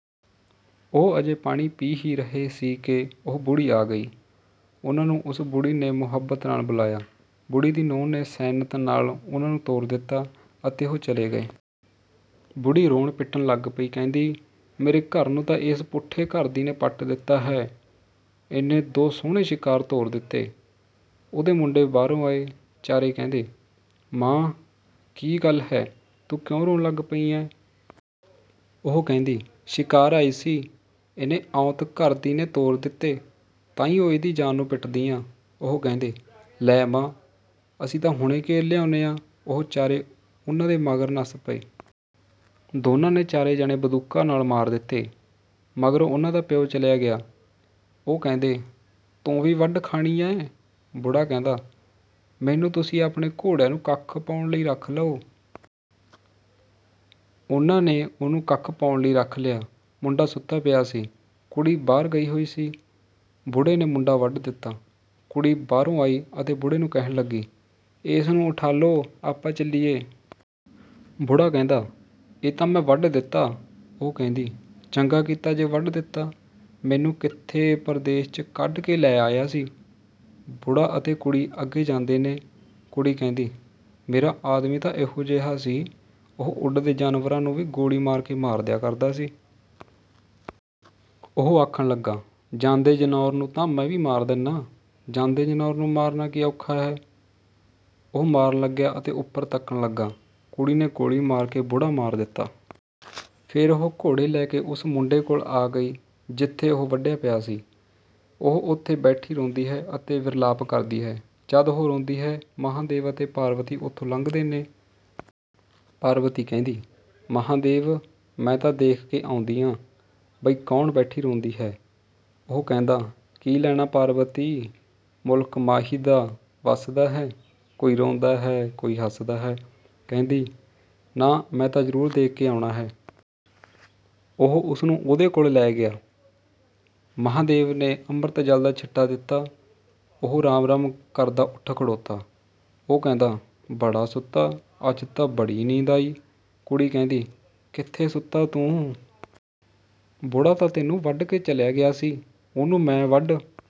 ਉਹ ਅਜੇ ਪਾਣੀ ਪੀ ਹੀ ਰਹੇ ਸੀ ਕਿ ਉਹ ਬੁੜ੍ਹੀ ਆ ਗਈ। ਉਹਨਾਂ ਨੂੰ ਉਸ ਬੁੜ੍ਹੀ ਨੇ ਮੁਹੱਬਤ ਨਾਲ ਬੁਲਾਇਆ। ਬੁੜ੍ਹੀ ਦੀ ਨੂੰਹ ਨੇ ਸੈਨਤ ਨਾਲ ਉਹਨਾਂ ਨੂੰ ਤੋਰ ਦਿੱਤਾ, ਅਤੇ ਉਹ ਚਲੇ ਗਏ। ਬੁੜ੍ਹੀ ਰੋਣ-ਪਿੱਟਣ ਲੱਗ ਪਈ, ਕਹਿੰਦੀ, "ਮੇਰੇ ਘਰ ਨੂੰ ਤਾਂ ਏਸ ਪੁੱਠੇ ਘਰ ਦੀ ਨੇ ਪੱਟ ਦਿੱਤਾ ਹੈ! ਇਹਨੇ ਦੋ ਸੋਹਣੇ ਸ਼ਿਕਾਰ ਤੋਰ ਦਿੱਤੇ।" ਉਹਦੇ ਮੁੰਡੇ ਬਾਹਰੋਂ ਆਏ। ਚਾਰੇ ਕਹਿੰਦੇ, "ਮਾਂ, ਕੀ ਗੱਲ ਹੈ, ਤੂੰ ਰੋਣ ਕਿਉਂ ਲੱਗ ਪਈ ਐਂ?" ਉਹ ਕਹਿੰਦੀ, "ਸ਼ਿਕਾਰ ਆਏ ਸੀ, ਇਹਨੇ ਔਂਤ-ਘਰ ਦੀ ਨੇ ਤੋਰ ਦਿੱਤੇ, ਤਾਂਹੀਓਂ ਇਹਦੀ ਜਾਨ ਨੂੰ ਪਿੱਟਦੀ ਆਂ।" ਉਹ ਕਹਿੰਦੇ, "ਲੈ ਮਾਂ, ਅਸੀਂ ਤਾਂ ਹੁਣੇ ਘੇਰ ਲਿਆਉਂਦੇ ਆਂ।" ਉਹ ਚਾਰੇ ਉਹਨਾਂ ਦੇ ਮਗਰ ਨੱਸ ਪਏ। ਦੋਨਾਂ ਨੇ ਚਾਰੇ ਜਣੇ ਬੰਦੂਕਾਂ ਨਾਲ ਮਾਰ ਦਿੱਤੇ। ਮਗਰੋਂ ਉਹਨਾਂ ਦਾ ਪਿਓ ਚਲਿਆ ਗਿਆ। ਉਹ ਕਹਿੰਦੇ, "ਤੂੰ ਵੀ ਵੱਢ ਖਾਣੀ ਐਂ?" ਬੁੜ੍ਹਾ ਕਹਿੰਦਾ, "ਮੈਨੂੰ ਤੁਸੀਂ ਆਪਣੇ ਘੋੜਿਆਂ ਨੂੰ ਕੱਖ ਪਾਉਣ ਲਈ ਰੱਖ ਲਓ।" ਉਹਨਾਂ ਨੇ ਉਹਨੂੰ ਕੱਖ ਪਾਉਣ ਲਈ ਰੱਖ ਲਿਆ। ਮੁੰਡਾ ਸੁੱਤਾ ਪਿਆ ਸੀ। ਕੁੜੀ ਬਾਹਰ ਗਈ ਹੋਈ ਸੀ। ਬੁੜ੍ਹੇ ਨੇ ਮੁੰਡਾ ਵੱਢ ਦਿੱਤਾ। ਕੁੜੀ ਬਾਹਰੋਂ ਆਈ ਅਤੇ ਬੁੜ੍ਹੇ ਨੂੰ ਕਹਿਣ ਲੱਗੀ, "ਏਸ ਨੂੰ ਉਠਾਲੋ, ਆਪਾਂ ਚੱਲੀਏ।" ਬੁੜ੍ਹਾ ਕਹਿੰਦਾ, "ਇਹ ਤਾਂ ਮੈਂ ਵੱਢ ਦਿੱਤਾ!" ਉਹ ਕਹਿੰਦੀ, "ਚੰਗਾ ਕੀਤਾ ਜੇ ਵੱਢ ਦਿੱਤਾ! ਮੈਨੂੰ ਕਿੱਥੇ ਪਰਦੇਸ 'ਚ ਕੱਢ ਕੇ ਲੈ ਆਇਆ ਸੀ।" ਬੁੜ੍ਹਾ ਅਤੇ ਕੁੜੀ ਅੱਗੇ ਜਾਂਦੇ ਨੇ। ਕੁੜੀ ਕਹਿੰਦੀ, "ਮੇਰਾ ਆਦਮੀ ਤਾਂ ਇਹੋ ਜਿਹਾ ਸੀ, ਉਹ ਉੱਡਦੇ ਜਾਨਵਰਾਂ ਨੂੰ ਵੀ ਗੋਲੀ ਮਾਰ ਕੇ ਮਾਰ ਦਿਆ ਕਰਦਾ ਸੀ।" ਉਹ ਕਹਿਣ ਲੱਗਾ, "ਜਾਂਦੇ ਜਨੌਰ ਨੂੰ ਤਾਂ ਮੈਂ ਵੀ ਮਾਰ ਦਿੰਨਾਂ! ਜਾਂਦੇ ਜਨੌਰ ਨੂੰ ਮਾਰਨਾ ਕੀ ਔਖਾ ਹੈ।" ਉਹ ਮਾਰਨ ਲੱਗਿਆ ਅਤੇ ਉੱਪਰ ਤੱਕਣ ਲੱਗਾ। ਕੁੜੀ ਨੇ ਗੋਲੀ ਮਾਰ ਕੇ ਬੁੜ੍ਹਾ ਮਾਰ ਦਿੱਤਾ। ਫ਼ੇਰ ਉਹ ਘੋੜੇ ਲੈ ਕੇ ਉਸ ਮੁੰਡੇ ਕੋਲ ਆ ਗਈ ਜਿੱਥੇ ਉਹ ਵੱਢਿਆ ਪਿਆ ਸੀ। ਉਹ ਉੱਥੇ ਬੈਠੀ ਰੋਂਦੀ ਹੈ ਅਤੇ ਵਿਰਲਾਪ ਕਰਦੀ ਹੈ। ਜਦ ਉਹ ਰੋਂਦੀ ਹੈ, ਮਹਾਂਦੇਵ ਅਤੇ ਪਾਰਬਤੀ ਉੱਥੋਂ ਲੰਘਦੇ ਨੇ! ਪਾਰਬਤੀ ਕਹਿੰਦੀ, "ਮਹਾਂਦੇਵ, ਮੈਂ ਤਾਂ ਦੇਖ ਕੇ ਆਉਂਦੀ ਆਂ ਬਈ ਬੈਠੀ ਕੌਣ ਰੋਂਦੀ ਹੈ।" ਉਹ ਕਹਿੰਦਾ, "ਕੀ ਲੈਣਾ ਪਾਰਬਤੀ! ਮੁਲਕ ਮਾਹੀ ਦਾ ਵਸਦਾ ਹੈ, ਕੋਈ ਰੋਂਦਾ ਹੈ, ਕੋਈ ਹੱਸਦਾ ਹੈ।" ਕਹਿੰਦੀ, "ਨਾ, ਮੈਂ ਤਾਂ ਜ਼ਰੂਰ ਦੇਖ ਕੇ ਆਉਣਾ ਹੈ।" ਉਹ ਉਸ ਨੂੰ ਉਹਦੇ ਕੋਲ ਲੈ ਗਿਆ। ਮਹਾਂਦੇਵ ਨੇ ਅੰਮ੍ਰਿਤ ਜਲ ਦਾ ਛਿੱਟਾ ਦਿੱਤਾ। ਉਹ 'ਰਾਮ-ਰਾਮ' ਕਰਦਾ ਉੱਠ ਖੜ੍ਹੋਤਾ! ਉਹ ਕਹਿੰਦਾ, "ਬੜਾ ਸੁੱਤਾ, ਅੱਜ ਤਾਂ ਬੜੀ ਨੀਂਦ ਆਈ।" ਕੁੜੀ ਕਹਿੰਦੀ, "ਕਿੱਥੇ ਸੁੱਤਾ ਤੂੰ! ਬੁੜ੍ਹਾ ਤਾਂ ਤੈਨੂੰ ਵੱਢ ਕੇ ਚਲਿਆ ਗਿਆ ਸੀ, ਉਹਨੂੰ ਮੈਂ ਵੱਢ